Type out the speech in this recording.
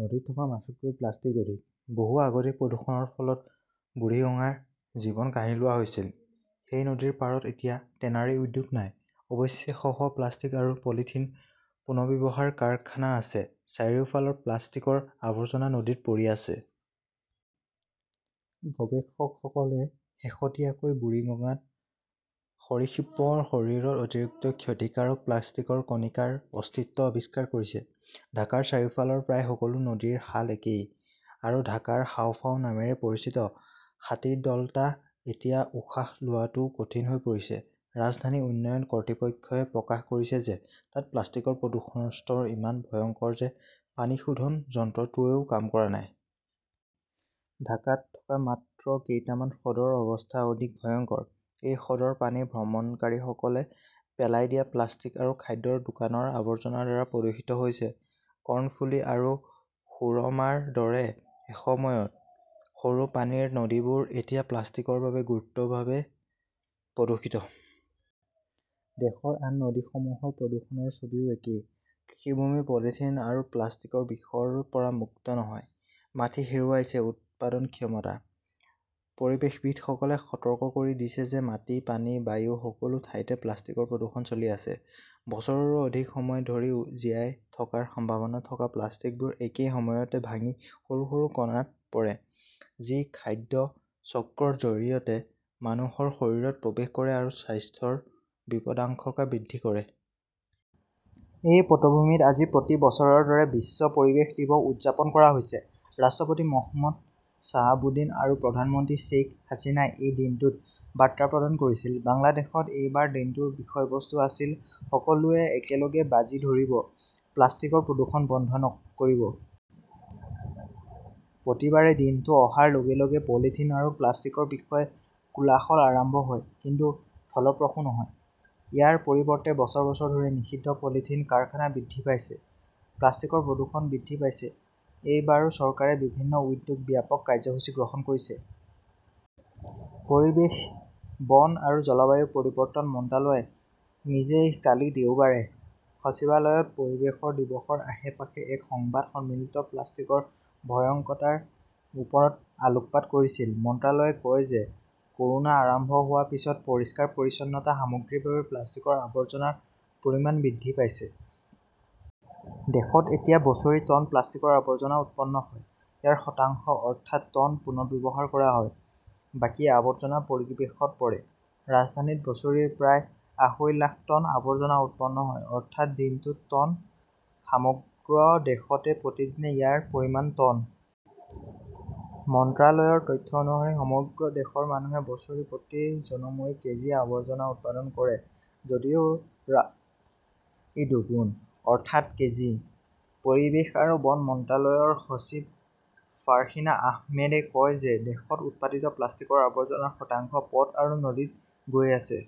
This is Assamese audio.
নদীত থকা মাছতকৈ প্লাষ্টিক অধিক। বহু আগতেই প্ৰদূষণৰ ফলত বুৰিগঙ্গাৰ জীৱন কাঢ়ি লোৱা হৈছিল। সেই নদীৰ পাৰত এতিয়া টেনাৰী উদ্যোগ নাই। অৱশ্যে, শ শ প্লাষ্টিক আৰু পলিথিন পুনৰ্ব্যৱহাৰ কাৰখানা আছে। চাৰিওফালৰ প্লাষ্টিকৰ আৱৰ্জনা নদীত পৰি আছে। গৱেষকসকলে শেহতীয়াকৈ বুৰিগাংগাত সৰীসৃপৰ শৰীৰত অতিৰিক্ত ক্ষতিকাৰক প্লাষ্টিকৰ কণিকাৰ অস্তিত্ব আৱিষ্কাৰ কৰিছে। ঢাকাৰ চাৰিওফালৰ প্ৰায় সকলো নদীৰ হাল একেই। আৰু ঢাকাৰ 'হাঁওফাঁও নামেৰে পৰিচিত হাতীদলতো এতিয়া উশাহ লোৱাটোও কঠিন হৈ পৰিছে। ৰাজধানী উন্নয়ন কৰ্তৃপক্ষই প্ৰকাশ কৰিছে যে তাত প্লাষ্টিকৰ প্ৰদূষণৰ স্তৰ ইমান ভয়ংকৰ যে পানী শোধন যন্ত্ৰটোৱেও কাম কৰা নাই। ঢাকাত থকা মাত্ৰ কেইটামান হ্ৰদৰ অৱস্থা অধিক ভয়ংকৰ। এই হ্ৰদৰ পানী ভ্ৰমণকাৰীসকলে পেলাই দিয়া প্লাষ্টিক আৰু খাদ্যৰ দোকানৰ আৱৰ্জনাৰ দ্বাৰা প্ৰদূষিত হৈছে। কণফুলি আৰু সুৰমাৰ দৰে এসময়ত সৰু পানীৰ নদীবোৰ এতিয়া প্লাষ্টিকৰ বাবে গুৰুতৰভাৱে প্ৰদূষিত। দেশৰ আন নদীসমূহৰ প্ৰদূষণৰ ছবিও একেই। কৃষিভূমি পলিথিন আৰু প্লাষ্টিকৰ বিষৰ পৰা মুক্ত নহয়। মাটি হেৰুৱাইছে উৎপাদন ক্ষমতা। পৰিৱেশবিদসকলে সতৰ্ক কৰি দিছে যে মাটি, পানী, বায়ু-সকলো ঠাইতে প্লাষ্টিকৰ প্ৰদূষণ চলি আছে। বছৰৰো অধিক সময় ধৰি জীয়াই থকাৰ সম্ভাৱনা থকা প্লাষ্টিকবোৰ একে সময়তে ভাঙি সৰু সৰু কণাত পৰে, যি খাদ্য চক্ৰৰ জৰিয়তে মানুহৰ শৰীৰত প্ৰৱেশ কৰে আৰু স্বাস্থ্যৰ বিপদাশংকা বৃদ্ধি কৰে। এই পটভূমিত আজি প্ৰতি বছৰৰ দৰে বিশ্ব পৰিৱেশ দিৱস উদযাপন কৰা হৈছে। ৰাষ্ট্ৰপতি মহম্মদ শ্বাহাবুদ্দিন আৰু প্ৰধানমন্ত্ৰী শ্বেইখ হাছিনাই এই দিনটোত বাৰ্তা প্ৰদান কৰিছিল। বাংলাদেশত এইবাৰ দিনটোৰ বিষয়বস্তু আছিল সকলোৱে একেলগে বাজি ধৰিব, প্লাষ্টিকৰ প্ৰদূষণ বন্ধ কৰিব। প্ৰতিবাৰে দিনটো অহাৰ লগে লগে পলিথিন আৰু প্লাষ্টিকৰ বিষয়ে কোলাহল আৰম্ভ হয়। কিন্তু ফলপ্ৰসূ নহয়। ইয়াৰ পৰিৱৰ্তে বছৰ বছৰ ধৰি নিষিদ্ধ পলিথিন কাৰখানা বৃদ্ধি পাইছে, প্লাষ্টিকৰ প্ৰদূষণ বৃদ্ধি পাইছে। এইবাৰো চৰকাৰে বিভিন্ন উদ্যোগ, ব্যাপক কাৰ্যসূচী গ্ৰহণ কৰিছে। পৰিৱেশ, বন আৰু জলবায়ু পৰিৱৰ্তন মন্ত্ৰালয়ে নিজেই কালি দেওবাৰে সচিবালয়ত পৰিৱেশ দিৱসৰ আশে-পাশে এক সংবাদ সন্মিলনত প্লাষ্টিকৰ ভয়ংকৰতাৰ ওপৰত আলোকপাত কৰিছিল। মন্ত্ৰালয়ে কয় যে ক’ৰোনা আৰম্ভ হোৱাৰ পিছত পৰিষ্কাৰ-পৰিচ্ছন্নতা সামগ্ৰীৰ বাবে প্লাষ্টিকৰ আৱৰ্জনাৰ পৰিমাণ বৃদ্ধি পাইছে। দেশত এতিয়া বছৰি টন প্লাষ্টিকৰ আৱৰ্জনা উৎপন্ন হয়। ইয়াৰ শতাংশ, অৰ্থাৎ, টন, পুনৰ্ব্যৱহাৰ কৰা হয়। বাকী আৱৰ্জনা পৰিৱেশত পৰে। ৰাজধানীত বছৰি প্ৰায় আঢ়ৈ লাখ টন আৱৰ্জনা উৎপন্ন হয়, অৰ্থাৎ দিনটোত টন। সমগ্ৰ দেশতে প্ৰতিদিনে ইয়াৰ পৰিমাণ, টন। মন্ত্ৰালয়ৰ তথ্য অনুসৰি সমগ্ৰ দেশৰ মানুহে বছৰি প্ৰতি জনমূৰি কেজি আৱৰ্জনা উৎপাদন কৰে যদিও ৰাজধানীত ই দুগুণ, অৰ্থাৎ কেজি। পৰিৱেশ আৰু বন মন্ত্ৰালয়ৰ সচিব ফাৰ্হিনা আহমেদে কয় যে দেশত উৎপাদিত প্লাষ্টিকৰ আৱৰ্জনাৰ শতাংশ পথ আৰু নদীত গৈ আছে।